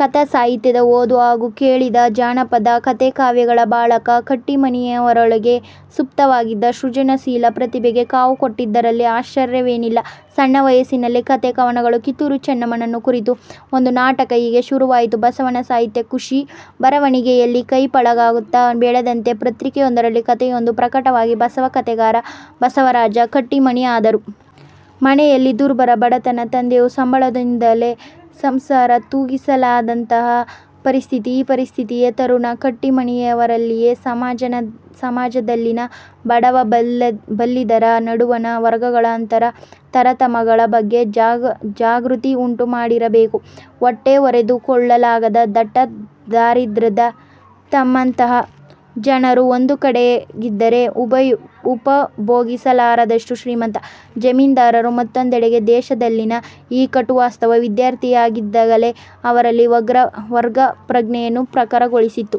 ಕಥಾ ಸಾಹಿತ್ಯದ ಓದು ಹಾಗೂ ಕೇಳಿದ ಜಾನಪದ ಕಥೆ-ಕಾವ್ಯಗಳು ಬಾಲಕ ಕಟ್ಟೀಮನಿಯವರೊಳಗೆ ಸುಪ್ತವಾಗಿದ್ದ ಸೃಜನಶೀಲ ಪ್ರತಿಭೆಗೆ ಕಾವು ಕೊಟ್ಟಿದ್ದರಲ್ಲಿ ಆಶ್ವರ್ಯವೇನಿಲ್ಲ. ಸಣ್ಣ ವಯಸ್ಸಿನಲ್ಲೇ ಕಥೆ, ಕವನಗಳು, ಕಿತ್ತೂರು ಚೆನ್ನಮ್ಮನನ್ನು ಕುರಿತು ಒಂದು ನಾಟಕ-ಹೀಗೆ ಶುರುವಾಯಿತು ಬಸವನ ಸಾಹಿತ್ಯ ಕೃಷಿ. ಬರವಣಿಗೆಯಲ್ಲಿ ಕೈ ಪಳಗುತ್ತಾ ಬೆಳೆದಂತೆ ಪತ್ರಿಕೆಯೊಂದರಲ್ಲಿ ಕಥೆಯೊಂದು ಪ್ರಕಟವಾಗಿ ಬಸವ ಕಥೆಗಾರ ಬಸವರಾಜ ಕಟ್ಟೀಮನಿ ಆದರು. ಮನೆಯಲ್ಲಿ ದುರ್ಭರ ಬಡತನ. ತಂದೆಯ ಸಂಬಳದಿಂದಲೇ ಸಂಸಾರ ತೂಗಿಸಲಾಗದಂತಹ ಪರಿಸ್ಥಿತಿ. ಈ ಪರಿಸ್ಥಿತಿಯೇ ತರುಣ ಕಟ್ಟೀಮನಿಯವರಲ್ಲಿ ಸಮಾಜದಲ್ಲಿನ ಬಡವ-ಬಲ್ಲಿದರ ನಡುವಣ ವರ್ಗಗಳ ಅಂತರ, ತರತಮಗಳ ಬಗ್ಗೆ ಜಾಗೃತಿಯುಂಟುಮಾಡಿರಬೇಕು. ಹೊಟ್ಟೆಹೊರೆದುಕೊಳ್ಳಲಾಗದ ದಟ್ಟದಾರಿದ್ರ್ಯದ ತಮ್ಮಂತಹ ಜನರು ಒಂದುಕಡೆಗಿದ್ದರೆ, ಉಪಭೋಗಿಸಲಾರದಷ್ಟು ಶ್ರೀಮಂತ ಜಮೀನ್ದಾರರು ಮತ್ತೊಂದೆಡೆಗೆ- ದೇಶದಲ್ಲಿನ ಈ ಕಟುವಾಸ್ತವ ವಿದ್ಯಾರ್ಥಿಯಾಗಿದ್ದಾಗಲೇ ಅವರಲ್ಲಿ ವರ್ಗ ಪ್ರಜ್ಞೆಯನ್ನೂ ಪ್ರಖರಗೊಳಿಸಿತ್ತು.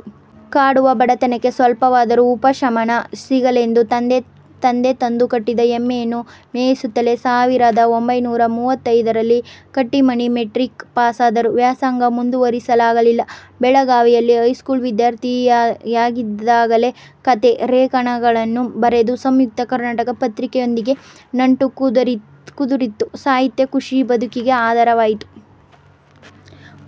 ಕಾಡುವ ಬಡತನಕ್ಕೆ ಸ್ವಲ್ಪವಾದರೂ ಉಪಶಮನ ಸಿಗಲೆಂದು ತಂದೆ ತಂದು ಕಟ್ಟಿದ ಎಮ್ಮೆಯನ್ನು ಮೇಯಿಸುತ್ತಲೇ ಸಾವಿರದ ಒಂಭೈನೂರ ಮೂವತ್ತೈದರಲ್ಲಿ ಕಟ್ಟೀಮನಿ ಮೆಟ್ರಿಕ್ ಪಾಸಾದರು. ವ್ಯಾಸಂಗ ಮುಂದುವರಿಸಲಾಗಲಿಲ್ಲ. ಬೆಳಗಾವಿಯಲ್ಲಿ ಹೈಸೂಲ್ ವಿದ್ಯಾರ್ಥಿಯಾಗಿದ್ದಾಗಲೇ ಕಥೆ ೇಖನಗಳನ್ನು ಬರೆದು 'ಸಂಯುಕ್ತ ಕರ್ನಾಟಕ' ಪತ್ರಿಕೆಯೊಂದಿಗೆ ನಂಟು ಕುದುರಿತ್ತು. ಸಾಹಿತ್ಯ ಕೃಷಿ ಬದುಕಿಗೆ ಆಧಾರವಾಯಿತು.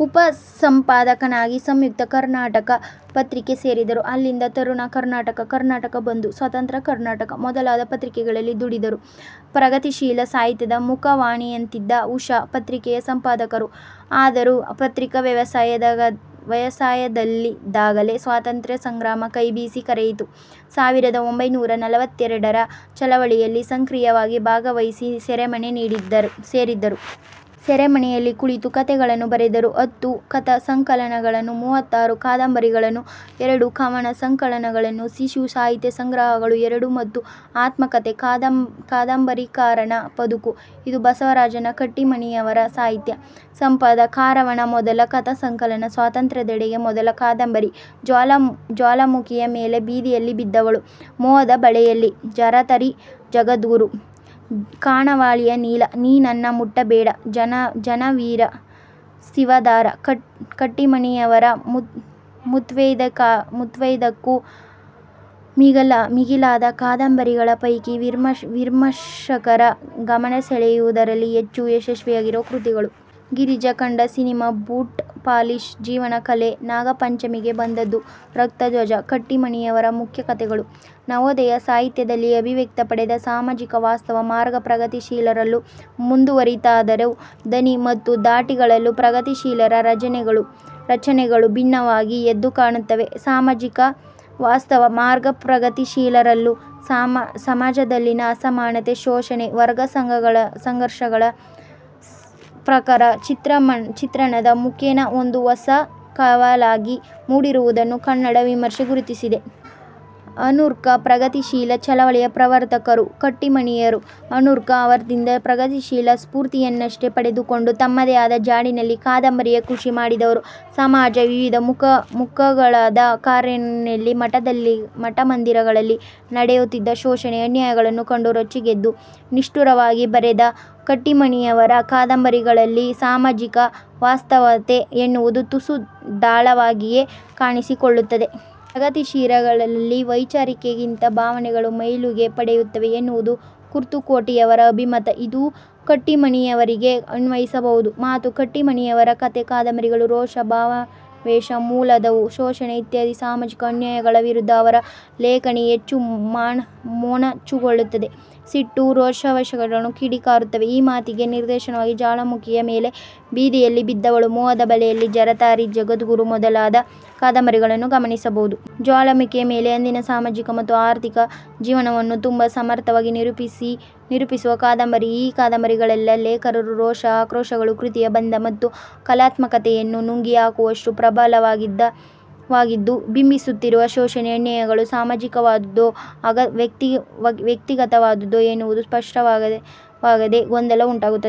ಉಪಸಂಪಾದಕನಾಗಿ 'ಸಂಯುಕ್ತ ಕರ್ನಾಟಕ' ಪತ್ರಿಕೆ ಸೇರಿದರು. ಅಲ್ಲಿಂದ 'ತರುಣ ಕರ್ನಾಟಕ', 'ಕರ್ನಾಟಕ ಬಂಧು' 'ಸ್ವತಂತ್ರ ಕರ್ನಾಟಕ' ಮೊದಲಾದ ಪತ್ರಿಕೆಗಳಲ್ಲಿ ದುಡಿದರು. ಪ್ರಗತಿಶೀಲ ಸಾಹಿತ್ಯದ ಮುಖವಾಣಿಯಂತಿದ್ದ 'ಉಷಾ' ಪತ್ರಿಕೆಯ ಸಂಪಾದಕರೂ ಆದರು. ಪತ್ರಿಕಾ ವ್ಯವಸಾಯದಲ್ಲಿದ್ದಾಗಲೇ ಸ್ವಾತಂತ್ರ್ಯ ಸಂಗ್ರಾಮ ಕೈಬೀಸಿ ಕರೆಯಿತು. ಸಾವಿರದ ಒಂಭೈನೂರ ನಲವತ್ತೆರಡರ ಚಳವಳಿಯಲ್ಲಿ ಸಕ್ರಿಯವಾಗಿ ಭಾವಹಿಸಿ ಸೆರೆಮನೆ ಸೇರಿದರು. ಸೆರೆಮನೆಯಲ್ಲಿ ಕುಳಿತು ಕಥೆಗಳನ್ನು ಬರೆದರು. ಹತ್ತು ಕಥಾ ಸಂಕಲನಗಳು, ಮೂವತ್ತಾರು ಕಾದಂಬರಿಗಳು, ಎರಡು ಕವನ ಸಂಕಲನಗಳು, ಶಿಶು ಸಾಹಿತ್ಯ ಸಂಗ್ರಹಗಳು ಎರಡು ಮತ್ತು ಆತ್ಮಕಥೆ 'ಕಾದಂಬರಿಕಾರನ ಬದುಕು'- ಇದು ಬಸವರಾಜ ಕಟ್ಟೀಮನಿಯವರ ಸಾಹಿತ್ಯ ಸಂಪದ. 'ಕಾರವಾನ' ಮೊದಲ ಕಥಾ ಸಂಕಲನ. 'ಸ್ವಾತಂತ್ರ್ಯದೆಡೆಗೆ' ಮೊದಲ ಕಾದಂಬರಿ. 'ಜ್ವಾಲಾಮುಖಿಯ ಮೇಲೆ', 'ಬೀದಿಯಲ್ಲಿ ಬಿದ್ದವಳು', 'ಮೋಹದ ಬಲೆಯಲ್ಲಿ', 'ಜರತಾರಿ ಜಗದ್ಗುರು', 'ಖಾನಾವಳಿಯ ನೀಲ', 'ನೀ ನನ್ನ ಮುಟ್ಟ ಬೇಡ', 'ಜನಿವಾರ ಶಿವದಾರ' ಕಟ್ಟೀಮನಿಯವರ ಮುವ್ವತ್ತೈದಕ್ಕೂ ಮಿಗಿಲಾದ ಕಾದಂಬರಿಗಳ ಪೈಕಿ ವಿಮರ್ಶಕರ ಗಮನಸೆಳೆಯುವುದರಲ್ಲಿ ಹೆಚ್ಚು ಯಶಸ್ವಿಯಾಗಿರುವ ಕೃತಿಗಳು. 'ಗಿರಿಜಾ ಕಂಡ ಸಿನೆಮಾ', 'ಬೂಟ್ ಪಾಲಿಷ್', 'ಜೀವನ ಕಲೆ', 'ನಾಗಪಂಚಮಿಗೆ ಬಂದದ್ದು', 'ರಕ್ತಧ್ವಜ' ಕಟ್ಟೀಮನಿಯವರ ಮುಖ್ಯ ಕತೆಗಳು. ನವೋದಯ ಸಾಹಿತ್ಯದಲ್ಲಿ ಅಭಿವ್ಯಕ್ತಿಪಡೆದ ಸಾಮಾಜಿಕ ವಾಸ್ತವ ಮಾರ್ಗ ಪ್ರಗತಿಶೀಲರಲ್ಲೂ ಮುಂದುವರಿಯಿತಾದರೂ ದನಿ ಮತ್ತು ಧಾಟಿಗಳಲ್ಲಿ ಪ್ರಗತಿಶೀಲರ ರಚನೆಗಳು ಭಿನ್ನವಾಗಿ ಎದ್ದು ಕಾಣುತ್ತವೆ. ಸಾಮಾಜಿಕ ವಾಸ್ತವ ಮಾರ್ಗಪ್ರಗತಿಶೀಲರಲ್ಲಿ ಸಮಾಜದಲ್ಲಿನ ಅಸಮಾನತೆ, ಶೋಷಣೆ, ವರ್ಗಸಂಘರ್ಷಗಳ ಪ್ರಖರ ಚಿತ್ರಣದ ಮುಖೇನ ಒಂದು ಹೊಸ ಕವಲಾಗಿ ಮೂಡಿರುವುದನ್ನು ಕನ್ನಡ ವಿಮರ್ಶೆ ಗುರುತಿಸಿದೆ. ಅನಕೃ ಪ್ರಗತಿಶೀಲ ಚಳವಳಿಯ ಪ್ರವರ್ತಕರು. ಕಟ್ಟೀಮನಿಯವರು ಅನಕೃ ಅವರಿಂದ ಪ್ರಗತಿಶೀಲ ಸ್ಫೂರ್ತಿಯನ್ನಷ್ಟೇ ಪಡೆದುಕೊಂಡು ತಮ್ಮದೇ ಆದ ಜಾಡಿನಲ್ಲಿ ಕಾದಂಬರಿಯ ಕೃಷಿ ಮಾಡಿದವರು. ಸಮಾಜದ ವಿವಿಧ ಮುಖಗಳಾದ ಕಾರ್ಖಾನೆಗಳು, ಮಠಮಂದಿರಗಳಲ್ಲಿ ನಡೆಯುತ್ತಿದ್ದ ಶೋಷಣೆ, ಅನ್ಯಾಯಗಳನ್ನು ಕಂಡು ರೊಚ್ಚಿಗೆದ್ದು ನಿಷ್ಠುರವಾಗಿ ಬರೆದ ಕಟ್ಟೀಮನಿಯವರ ಕಾದಂಬರಿಗಳಲ್ಲಿ ಸಾಮಾಜಿಕ ವಾಸ್ತವತೆ ಎನ್ನುವುದು ತುಸು ಢಾಳವಾಗಿಯೇ ಕಾಣಿಸಿಕೊಳ್ಳುತ್ತದೆ. ಪ್ರಗತಿಶೀಲರಲ್ಲಿ ವೈಚಾರಿಕತೆಗಿಂತ ಭಾವನೆಗಳೇ ಮೇಲುಗೈ ಪಡೆಯುತ್ತವೆ ಎನ್ನುವುದು ಕುರ್ತಕೋಟಿಯವರ ಅಭಿಮತ. ಇದು ಕಟ್ಟೀಮನಿಯವರಿಗೂ ಅನ್ವಯಿಸಬಹುದಾದ ಮಾತು. ಕಟ್ಟೀಮನಿಯವರ ಕಥೆ-ಕಾದಂಬರಿಗಳು ರೋಷ, ಭಾವಾವೇಶ ಮೂಲದವು. ಶೋಷಣೆ ಇತ್ಯಾದಿ ಸಾಮಾಜಿಕ ಅನ್ಯಾಯಗಳ ವಿರುದ್ಧ ಅವರ ಲೇಖನಿ ಹೆಚ್ಚು ಮೊನಚುಗೊಳ್ಳುತ್ತದೆ. ಸಿಟ್ಟು, ರೋಷಾವೇಶಗಳು ಕಿಡಿಕಾರುತ್ತವೆ. ಈ ಮಾತಿಗೆ ನಿದರ್ಶನವಾಗಿ 'ಜ್ವಾಲಾಮುಖಿಯ ಮೇಲೆ', 'ಬೀದಿಯಲ್ಲಿ ಬಿದ್ದವಳು', 'ಮೋಹದ ಬಲೆಯಲ್ಲಿ, 'ಜರತಾರಿ ಜಗದ್ಗುರು' ಮೊದಲಾದ ಕಾದಂಬರಿಗಳನ್ನು ಗಮನಿಸಬಹುದು. 'ಜ್ವಾಲಾಮುಖಿಯ ಮೇಲೆ' ಅಂದಿನ ಸಾಮಾಜಿಕ ಮತ್ತು ಆರ್ಥಿಕ ಜೀವನವನ್ನು ತುಂಬಾ ಸಮರ್ಥವಾಗಿ ನಿರೂಪಿಸುವ ಕಾದಂಬರಿ. ಈ ಕಾದಂಬರಿಗಳಲ್ಲಿ ಲೇಖಕರ ರೋಷ, ಆಕ್ರೋಷಗಳು ಕೃತಿಯ ಬಂಧ ಮತ್ತು ಕಲಾತ್ಮಕತೆಯನ್ನೇ ನುಂಗಿಹಾಕುವಷ್ಟು ಪ್ರಬಲವಾಗಿದ್ದು ಬಿಂಬಿಸುತ್ತಿರುವ ಶೋಷಣೆ, ಅನ್ಯಾಯಗಳು ಸಾಮಾಜಿಕವಾದದ್ದೋ, ವ್ಯಕ್ತಿಗತವಾದದ್ದೋ ಎನ್ನುವುದು ಸ್ಪಷ್ಟವಾಗದೆ ಗೊಂದಲ ಉಂಟಾಗುತ್ತದೆ.